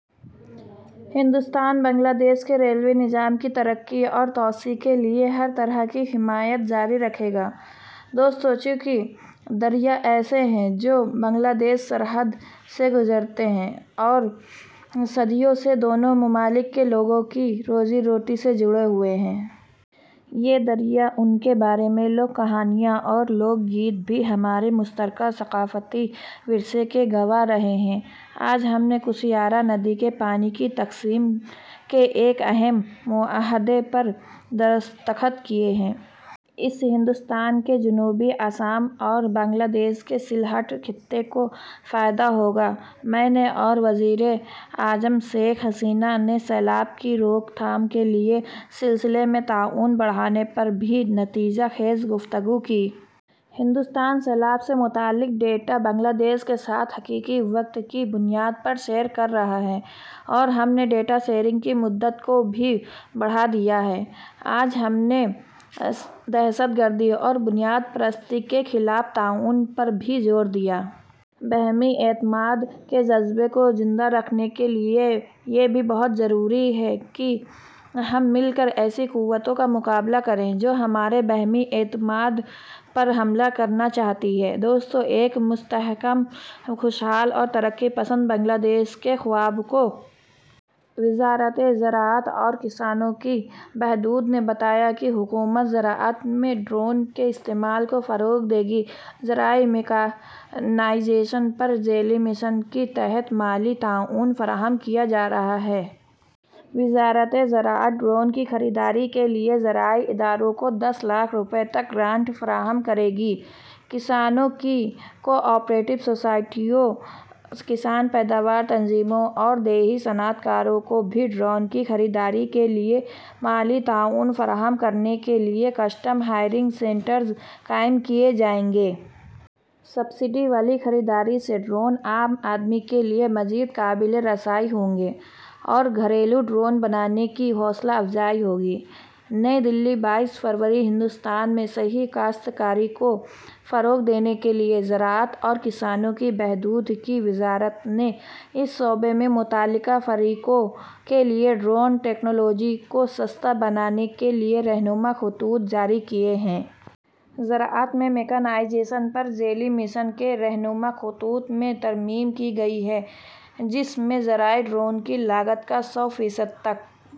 Hindustan, Bangladesh کے railway نظام کی ترقی اور توسیع کے لیے ہر طرح کی حمایت جاری رکھے گا۔ دوستو، چونکہ دریا ایسے ہیں جو ہند بنگلہ دیش سرحد سے گزرتے ہیں اور صدیوں سے دونوں ممالک کے لوگوں کی روزی روٹی سے جڑے ہوئے ہیں۔ یہ دریا، ان کے بارے میں لوک کہانیاں اور لوک گیت بھی ہمارے مشترکہ ثقافتی ورثے کے گواہ رہے ہیں۔ آج ہم نے کشیارا ندی کے پانی کی تقسیم کے ایک اہم معاہدے پر دستخط کیے ہیں۔ اس سے ہندوستان کے جنوبی آسام اور بنگلہ دیش کے سلہٹ خطے کو فائدہ ہوگا۔ میں نے اور وزیر اعظم شیخ حسینہ نے سیلاب کی روک تھام کے سلسلے میں تعاون بڑھانے پر بھی نتیجہ خیز گفتگو کی۔ ہندوستان سیلاب سے متعلق ڈیٹا بنگلہ دیش کے ساتھ حقیقی وقت کی بنیاد پر شیئر کر رہا ہے اور ہم نے ڈیٹا شیئرنگ کی مدت کو بھی بڑھا دیا ہے۔ آج ہم نے دہشت گردی اور بنیاد پرستی کے خلاف تعاون پر بھی زور دیا۔ باہمی اعتماد کے جذبے کو زندہ رکھنے کے لیے یہ بھی بہت ضروری ہے کہ ہم مل کر ایسی قوتوں کا مقابلہ کریں جو ہمارے باہمی اعتماد پر حملہ کرنا چاہتی ہیں۔ دوستو، ایک مستحکم، خوشحال اور ترقی پسند بنگلہ دیش کے خواب کو۔ وزارت زراعت اور کسانوں کی بہبود نے بتایا کہ حکومت زراعت میں ڈرون کے استعمال کو فروغ دے گی۔ زرعی میکانائزیشن پر ذیلی مشن کے تحت مالی تعاون فراہم کیا جا رہا ہے۔ وزارت زراعت ڈرون کی خریداری کے لیے زرعی اداروں کو دس لاکھ روپے تک گرانٹ فراہم کرے گی۔ کسانوں کی کوآپریٹو سوسائٹیوں، کسان پیداوار تنظیموں اور دیہی صنعت کاروں کو بھی ڈرون کی خریداری کے لیے مالی تعاون فراہم کرنے کے لیے کسٹم ہائرنگ سینٹرز قائم کیے جائیں گے۔ سبسڈی والی خریداری سے ڈرون عام آدمی کے لیے مزید قابل رسائی ہوں گے اور گھریلو ڈرون بنانے کی حوصلہ افزائی ہوگی۔ نئی دہلی، بائیس جنوری۔ ہندوستان میں صحیح کاشت کاری کو فروغ دینے کے لیے زراعت اور کسانوں کی بہبود کی وزارت نے اس شعبے کے متعلقہ فریقوں کے لیے ڈرون ٹیکنالوجی کو سستا بنانے کے لیے رہنما خطوط جاری کیے ہیں۔ زراعت میں میکانائزیشن پر ذیلی مشن کے رہنما خطوط میں ترمیم کی گئی ہے، جس میں زرعی ڈرون کی لاگت کا سو فیصد تک...